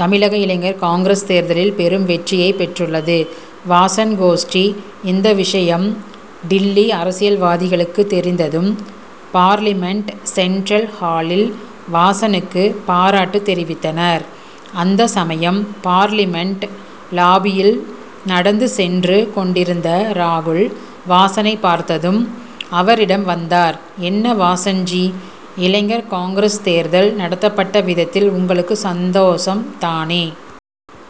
தமிழக இளைஞர் காங்கிரஸ் தேர்தலில் பெரும் வெற்றியைப் பெற்றுள்ளது வாசன் கோஷ்டி. இந்த விஷயம் டில்லி அரசியல்வாதிகளுக்கு தெரிந்ததும் பார்லிமென்ட் சென்ட்ரல் ஹாலில் வாசனுக்கு பாராட்டு தெரிவித்தனர். அந்த சமயம், பார்லிமென்ட் லாபியில் நடந்து சென்று கொண்டிருந்த ராகுல், வாசனைப் பார்த்ததும் அவரிடம் வந்தார். 'என்ன வாசன்ஜி, இளைஞர் காங்கிரஸ் தேர்தல் நடத்தப்பட்ட விதத்தில் உங்களுக்கு சந்தோஷம் தானே?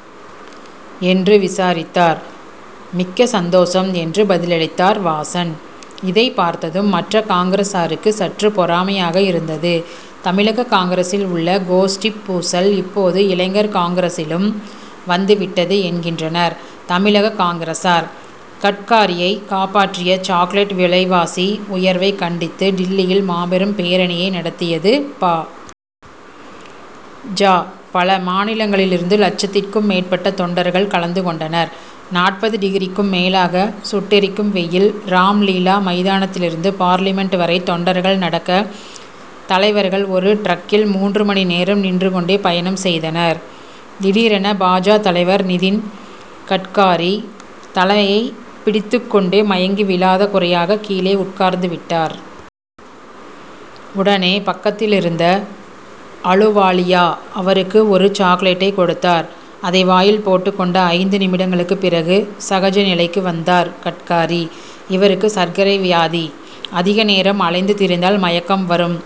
' என்று விசாரித்தார். மிக்க சந்தோஷம் என்று பதிலளித்தார் வாசன். இதைப் பார்த்ததும் மற்ற காங்கிரசாருக்கு சற்று பொறாமையாக இருந்தது. தமிழக காங்கிரசில் உள்ள கோஷ்டிப் பூசல் இப்போது இளைஞர் காங்கிரசிலும் வந்துவிட்டது' என்கின்றனர் தமிழக காங்கிரசார். கட்காரியை காப்பாற்றிய சாக்லெட் விலைவாசி உயர்வைக் கண்டித்து டில்லியில் மாபெரும் பேரணியை நடத்தியது பா. ஜ., பல மாநிலங்களிலிருந்து லட்சத்திற்கும் மேற்பட்ட தொண்டர்கள் கலந்து கொண்டனர். நாற்பது டிகிரிக்கும் மேலாக சுட்டெரிக்கும் வெயில். ராம்லீலா மைதானத்திலிருந்து பார்லிமென்ட் வரை தொண்டர்கள் நடக்க, தலைவர்கள் ஒரு டிரக்கில் மூன்று மணி நேரம் நின்று கொண்டே பயணம் செய்தனர். திடீரென, பா. ஜ., தலைவர் நிதின் கட்காரி தலையைப் பிடித்துக் கொண்டே மயங்கி விழாத குறையாக கீழே உட்கார்ந்துவிட்டார். உடனே, பக்கத்திலிருந்த அலுவாலியா, அவருக்கு ஒரு சாக்லெட்டைக் கொடுத்தார். அதை வாயில் போட்டுக் கொண்ட, ஐந்து நிமிடங்களுக்குப் பிறகு சகஜ நிலைக்கு வந்தார் கட்காரி. இவருக்கு சர்க்கரை வியாதி. அதிக நேரம் அலைந்து திரிந்தால் மயக்கம் வரும்.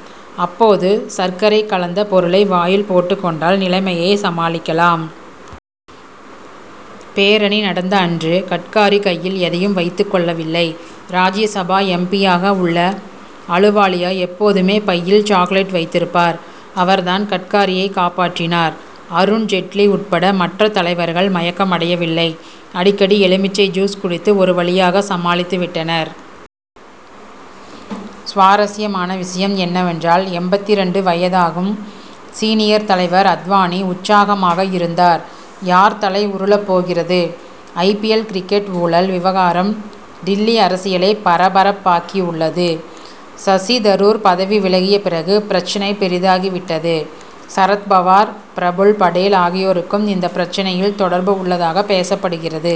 அப்போது, சர்க்கரை கலந்த பொருளை வாயில் போட்டுக் கொண்டால் நிலைமையை சமாளிக்கலாம். பேரணி நடந்த அன்று கட்காரி கையில் எதையும் வைத்துக் கொள்ளவில்லை. ராஜ்யசபா எம். பி.,யாக உள்ள அலுவாலியா எப்போதுமே பையில் சாக்லெட் வைத்திருப்பார்; அவர் தான் கட்காரியை காப்பாற்றினார். அருண் ஜெட்லி உட்பட மற்ற தலைவர்கள் மயக்கம் அடையவில்லை. அடிக்கடி எலுமிச்சை ஜூஸ் குடித்து ஒரு வழியாக சமாளித்துவிட்டனர். சுவாரஸ்யமான விஷயம் என்னவென்றால், எண்பத்திரண்டு வயதாகும் சீனியர் தலைவர் அத்வானி உற்சாகமாக இருந்தார். யார் தலை உருளப் போகிறது? ஐ. பி. எல்., கிரிக்கெட் ஊழல் விவகாரம் டில்லி அரசியலை பரபரப்பாக்கியுள்ளது. சசி தரூர் பதவி விலகிய பிறகு பிரசச்னை பெரிதாகிவிட்டது. சரத் பவார், பிரபுல்படேல் ஆகியோருக்கும் இந்த பிரச்னையில் தொடர்பு உள்ளதாக பேசப்படுகிறது.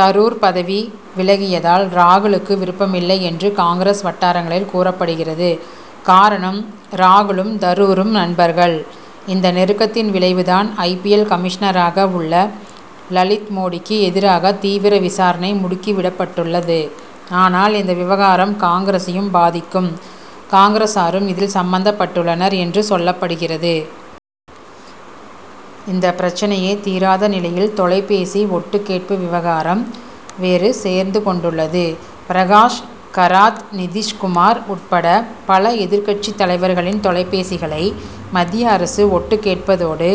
தரூர் பதவி விளகியதால் ராகுலுக்கு விருப்பமில்லை என்று காங்கிரஸ் வட்டாரங்களில் கூறப்படுகிறது. காரணம், ராகுலும் தரூரும் நண்பர்கள். இந்த நெருக்கத்தின் விளைவு தான், ஐ. பி. எல்., கமிஷனராக உள்ள லலித் மோடிக்கு எதிராக தீவிர விசாரணை முடுக்கிவிடப்பட்டுள்ளது. ஆனால், இந்த விவகாரம் காங்கிரசையும் பாதிக்கும், காங்கிரசாரும் இதில் சம்பந்தப்பட்டுள்ளனர் என்று சொல்லப்படுகிறது. இந்த பிரச்னையே தீராத நிலையில், தொலைபேசி ஒட்டுக் கேட்பு விவகாரம் வேறு சேர்ந்து கொண்டுள்ளது. பிரகாஷ் கராத், நிதிஷ்குமார் உட்பட பல எதிர்க்கட்சித் தலைவர்களின் தொலைபேசிகளை மத்திய அரசு ஒட்டுக் கேட்பதோடு,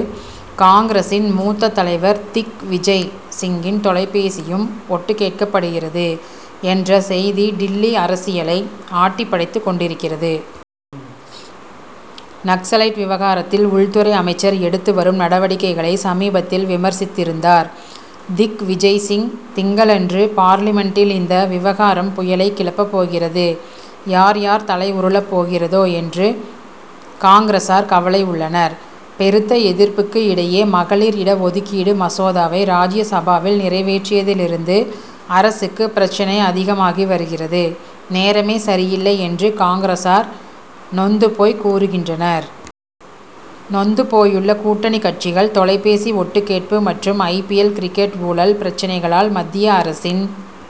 காங்கிரசின் மூத்த தலைவர் திக் விஜய் சிங்கின் தொலைபேசியும் ஒட்டுக் கேட்கப்படுகிறது என்ற செய்தி டில்லி அரசியலை ஆட்டிப் படைத்துக் கொண்டிருக்கிறது. நக்சலைட் விவகாரத்தில் உள்துறை அமைச்சர் எடுத்து வரும் நடவடிக்கைகளை சமீபத்தில் விமர்சித்திருந்தார் திக் விஜய் சிங். திங்களன்று பார்லிமென்டில் இந்த விவகாரம் புயலைக் கிளப்பப் போகிறது. யார், யார் தலை உருளப் போகிறதோ என்று காங்கிரசார் கவலை உள்ளனர். பெருத்த எதிர்ப்புக்கு இடையே மகளிர் இட ஒதுக்கீடு மசோதாவை ராஜ்யசபாவில் நிறைவேற்றியதிலிருந்து அரசுக்கு பிரச்னை அதிகமாகி வருகிறது, நேரமே சரியில்லை என்று காங்கிரசார் நொந்து போய் கூறுகின்றனர். நொந்து போயுள்ள கூட்டணிக் கட்சிகள் தொலைபேசி ஒட்டுக் கேட்பு மற்றும் ஐ. பி. எல்., கிரிக்கெட் ஊழல் பிரச்னைகளால் மத்திய அரசின்